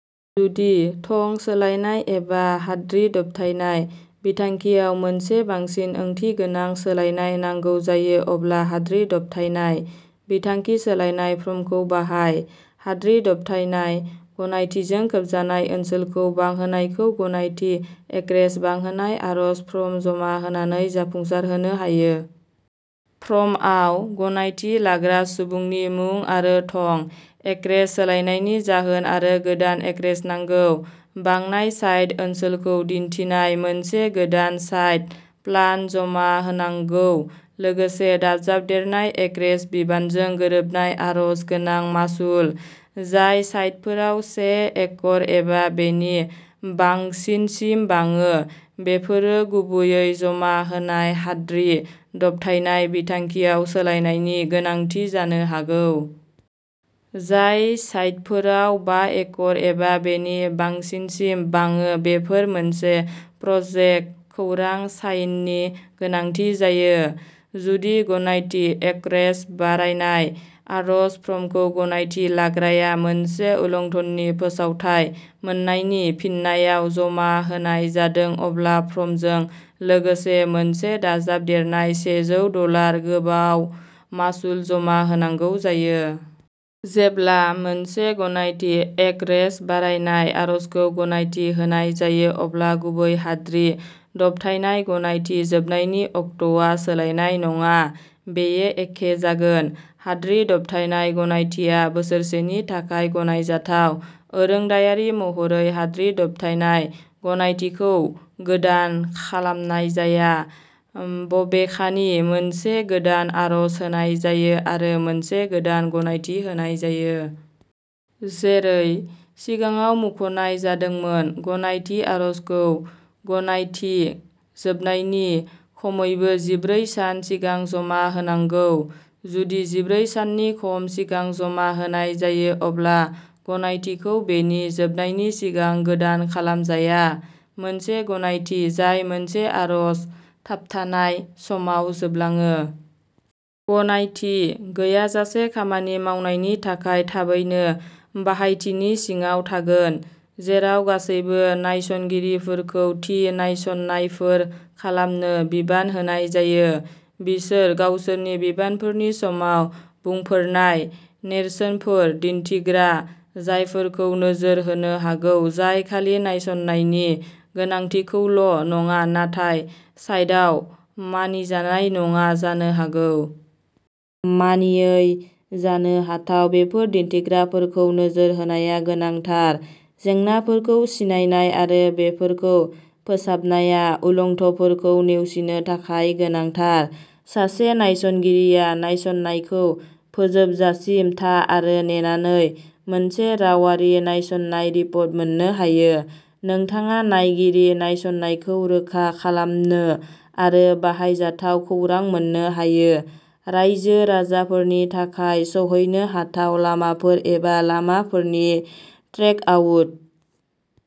जुदि थं सोलायनाय एबा हाद्रि दबथायनाय बिथांखियाव मोनसे बांसिन ओंथिगोनां सोलायनाय नांगौ जायो अब्ला हाद्रि दबथायनाय बिथांखि सोलायनाय फर्मखौ बाहाय। हाद्रि दबथायनाय गनायथिजों खोबजानाय ओनसोलखौ बांहोनायखौ गनायथि एक्रेज बांहोनाय आर'ज फर्म जमा होनानै जाफुंसारहोनो हायो। फर्मआव गनायथि लाग्रा सुबुंनि मुं आरो थं, एक्रेज सोलायनायनि जाहोन आरो गोदान एक्रेज नांगौ। बांनाय साइट ओनसोलखौ दिन्थिनाय मोनसे गोदान साइट प्लान जमा होनांगौ लोगोसे दाजाबदेरनाय एक्रेज बिबांजों गोरोबनाय आर'ज गोनां मासुल। जाय साइटफोरा से एकर एबा बेनि बांसिनसिम बाङो बेफोरो गुबैयै जमा होनाय हाद्रि दबथायनाय बिथांखियाव सोलायनायनि गोनांथि जानो हागौ। जाय साइटफोरा बा एकर एबा बेनि बांसिनसिम बाङो बेफोरो मोनसे प्रजेक्ट खौरां साइननि गोनांथि जायो। जुदि गनायथि एकरेज बारायनाय आर'ज फर्मखौ गनायथि लाग्राया मोनसे उल्लंधननि फोसावथाय मोननायनि फिननायाव जमा होनाय जादों अब्ला फर्मजों लोगोसे मोनसे दाजाबदेरनाय सेजौ डलार गोबाव मासुल जमा होनांगौ जायो। जेब्ला मोनसे गनायथि एकरेज बारायनाय आर'जखौ गनायथि होनाय जायो अब्ला गुबै हाद्रि दबथायनाय गनायथि जोबनायनि अक्ट'आ सोलायनाय नङा बेयो एखे जागोन। हाद्रि दबथायनाय गनायथिआ बोसोरसेनि थाखाय गनायजाथाव। आरोंदायारि महरै, हाद्रि दबथायनाय गनायथिखौ गोदान खालामनाय जाया बबेखानि मोनसे गोदान आर'ज होनाय जायो आरो मोनसे गोदान गनायथि होनाय जायो। जेरै सिगाङाव मुंख'नाय जादोंमोन गनायथि आर'जखौ गनायथि जोबनायनि खमैबो जिब्रै सान सिगां जमा होनांगौ। जुदि जिब्रै साननि खम सिगां जमा होनाय जायो अब्ला गनायथिखौ बेनि जोबनायनि सिगां गोदान खालामजाया। मोनसे गनायथि जाय मोनसे आर'ज थाबथानाय समाव जोबलाङो। गनायथि गैयाजासे खामानि मावनायनि थाखाय थाबैनो बाहायथिनि सिङाव थागोन। जेराव गासैबो नायसंगिरिफोरखौ थि नायसंनायफोर खालामनो बिबान होनाय जायो, बिसोर गावसोरनि बिबानफोरनि समाव "बुंफोरनाय" नेरसोनफोर दिन्थिग्रा जायगाफोरखौ नोजोर होनो हागौ जाय खालि नायसंनायनि गोनांथिखौल' नङा नाथाय साइटआ मानिजानाय नङा जानो हागौ। मानियै जानो हाथाव बेफोर दिन्थिग्राफोरखौ नोजोर होनाया गोनांथार। जेंनाफोरखौ सिनायनाय आरो बेफोरखौ फोसाबनाया उल्लंधनफोरखौ नेवसिनो थाखाय गोनांथार। सासे नायसंगिरिआ नायसंनायखौ फोजोबजासिम था आरो नेनानै मोनसे रावारि नायसंनाय रिपर्ट मोन्नो हायो। नोंथाङा नायगिरिनि नायसंनायखौ रोखा खालामनो आरो बाहायजाथाव खौरां मोन्नो हायो। रायजो-राजाफोरनि थाखाय सौहैनो हाथाव लामाफोर एबा लामाफोरनि ट्रेकआउट।